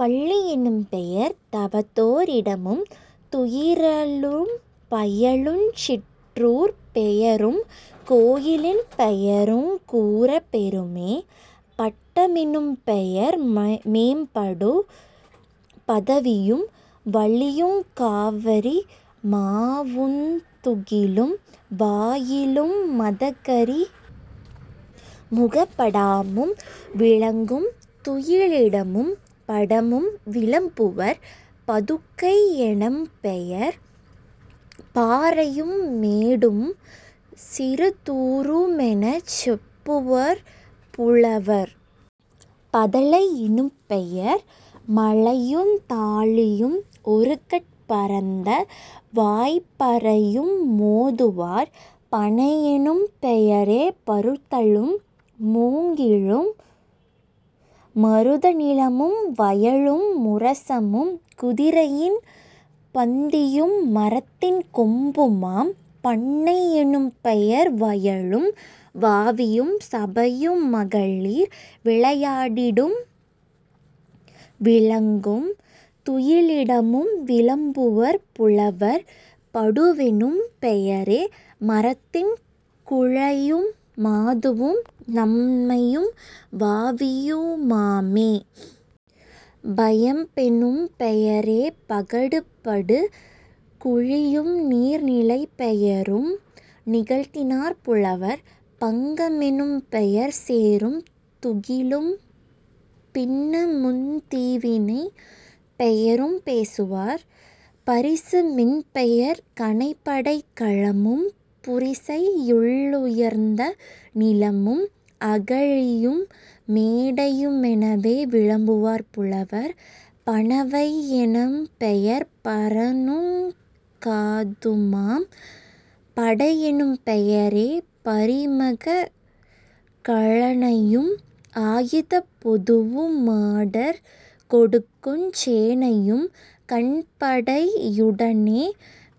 பள்ளி யெனும்பெயர் தவத்தோ ரிடமும் துயிறலும் பயலுஞ் சிற்றூர்ப் பெயரும் கோயிலின் பெயருங் கூறப் பெறுமே..... பட்ட மெனும்பெயர் மேம்படு பதவியும் வழியுங் கவரி மாவுந் துகிலும்। வாயிலு மதகரி முகப டாமும் விலங்கும் துயிலிடமும் படமும் விளம்புவர்..... பதுக்கை யெனும்பெயர் பாறையு மேடும் சிறுதூ றுமெனச் செப்புவர் புலவர்..... பதலை யெனும்பெயர் மலையுந் தாழியும் ஒருகட் பரந்த வாய்ப்பறையு மோதுவார்..... பணையெனும் பெயரே பருத்தலு மூங்கிலும் மருத நிலமும் வயலு முரசமும் குதிரையின் பந்தியு மரத்தின் கொம்புமாம்..... பண்ணை யெனும்பெயர் வயலும் வாவியும் சபையு மகளிர் விளையா டிடும் விலங்கும் துயிலிடமும் விளம்புவர் புலவர்..... படுவெனும் பெயரே மரத்தின் குலையும் மாதுவும் நன்மையும் வாவியு மாமே..... பயம்பெனும் பெயரே பகடுபடு குழியும் நீர்நிலைப் பெயரும் நிகழ்த்தினார் புலவர்..... பங்க மெனும்பெயர் சேறும் துகிலும் பின்னமுந் தீவினைப் பெயரும் பேசுவார்..... பரிசு மென்பெயர் கணைப்படைக் கலமும் புரிசை யுள்ளுயர்ந்த நிலமும் அகழியும் மேடையு மெனவே விளம்புவர் புலவர்..... பணவை யெனும்பெயர் பரணுங் காதுமாம்..... படையெனும் பெயரே பரிமக கலனையும் ஆயுதப் பொதுவு மடர்கொடுக்குஞ் சேனையும் கண்படை யுடனே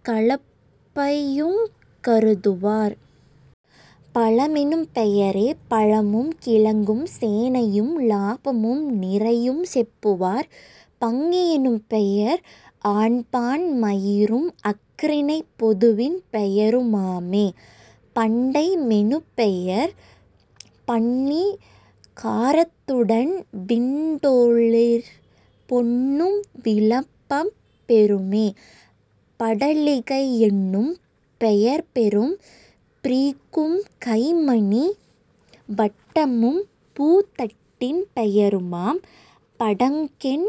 கலப்பையுங் கருதுவார்..... பலமெனும் பெயரே பழமும் கிழங்கும் சேனையும் லாபமும் நிறையும் செப்புவார்..... பங்கி யெனும்பெயர் ஆண்பான் மயிரும் அஃறிணைப் பொதுவின் பெயரு மாமே..... பண்டை மெனும்பெயர் பண்ணி காரத்துடன் விண்டொளிர் பொன்னும் விளம்பப் பெறுமே..... படலிகை யென்னும் பெயர்பெரும் ப்ரிக்கும் கைமணி வட்டமும் பூத்தட்டின் பெயருமாம்..... படங்கென்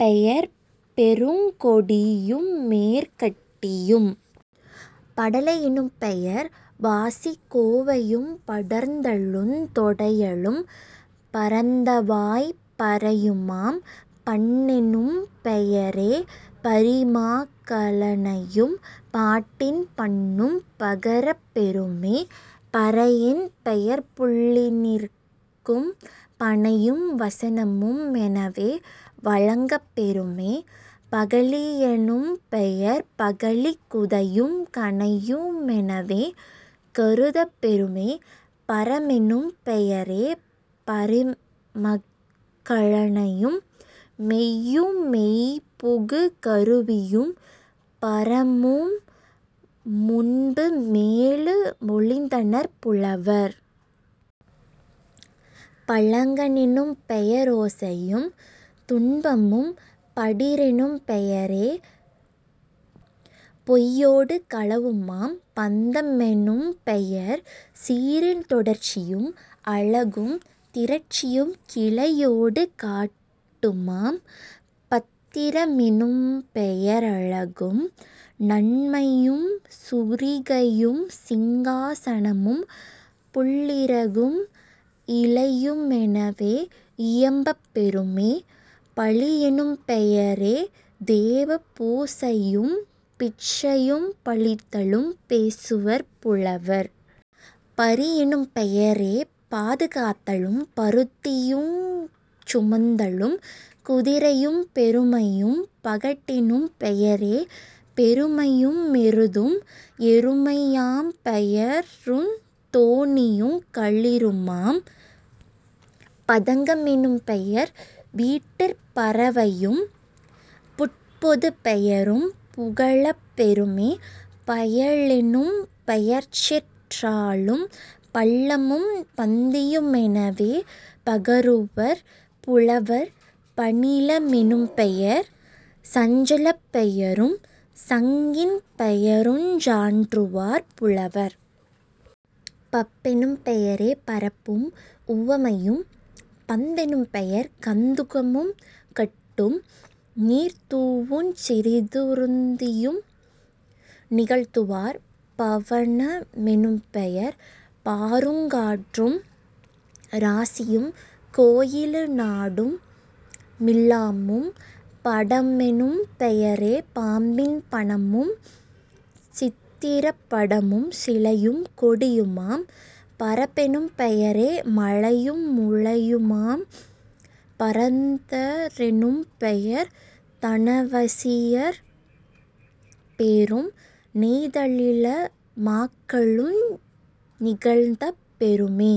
பெயர்பெருங் கொடியும் மேற்கட்டியும்..... படலை யெனும்பெயர் வாசிக் கோவையும் படர்தலுந் தொடையலும் பரந்தவாய்ப் பறையுமாம்..... பண்ணெனும் பெயரே பரிமாக் கலனையும் பாட்டின் பண்ணும் பகரப் பெறுமே..... பறையென் பெயர்புள்ளி னிற்கும் பணையும் வசனமு மெனவே வழங்கப் பெறுமே..... பகழி யெனும்பெயர் பகழிக் குதையும் கணையு மெனவே கருதப் பெறுமே..... பரமெனும் பெயரே பரிமக் கலனையும் மெய்யு மெய்புகு கருவியும் பரமும் முன்பு மேலு மொழிந்தனர் புலவர்..... பழங்கணெ னும்பெய ரோசையும் துன்பமும்..... படிறெனும் பெயரே பொய்யோடு களவுமாம்..... பந்த மெனும்பெயர் சீரின் தொடர்ச்சியும் அழகும் திரட்சியும் கிளையோடு கட்டுமாம்..... பத்திர மெனும்பெய ரழகும் நன்மையும் சுரிகையும் சிங்கா சனமும் புள்ளிறகும் இலையு மெனவே இயம்பப் பெறுமே..... பலியெனும் பெயரே தேவ பூசையும் பிச்சையும் பலித்தலும் பேசுவர் புலவர்..... பரியெனும் பெயரே பாது காத்தலும் பருத்தியுஞ் சுமந்தலுங் குதிரையும் பெருமையும்..... பகட்டெனும் பெயரே பெருமையு மெருதும் எருமை யாண்பெயருந் தோணியுங் களிறுமாம்..... பதங்க மெனும்பெயர் வீட்டிற் பறவையும் புட்பொதுப் பெயரும் புகலப் பெறுமே..... பயலெனும் பெயர்ச்சிற் றாளும் பள்ளமும் பந்தியு மெனவே பகருவர் புலவர்..... பணில மெனும்பெயர் சஞ்சலப் பெயரும் சங்கின் பெயருஞ் சான்றுவார் புலவர்..... பப்பெனும் பெயரே பரப்பும் உவமையும்..... பந்தெனும் பெயர்கந் துகமும் கட்டும் நீர்தூவுஞ் சிறுது ருந்தியும் நிகழ்த்துவார்..... பவன மெனும்பெயர் பாருங் காற்றும் இராசியும் கோயிலு நாடு மில்லாமும்..... படமெனும் பெயரே பாம்பின் பணமும் சித்திரப் படமும் சிலையும் கொடியுமாம்..... பறப்பெனும் பெயரே மலையு முலையுமாம்..... பரத ரெனும்பெயர் தனவசியர் பேரும் நெய்தலில மாக்களு நிகழ்ந்தப் பெறுமே.....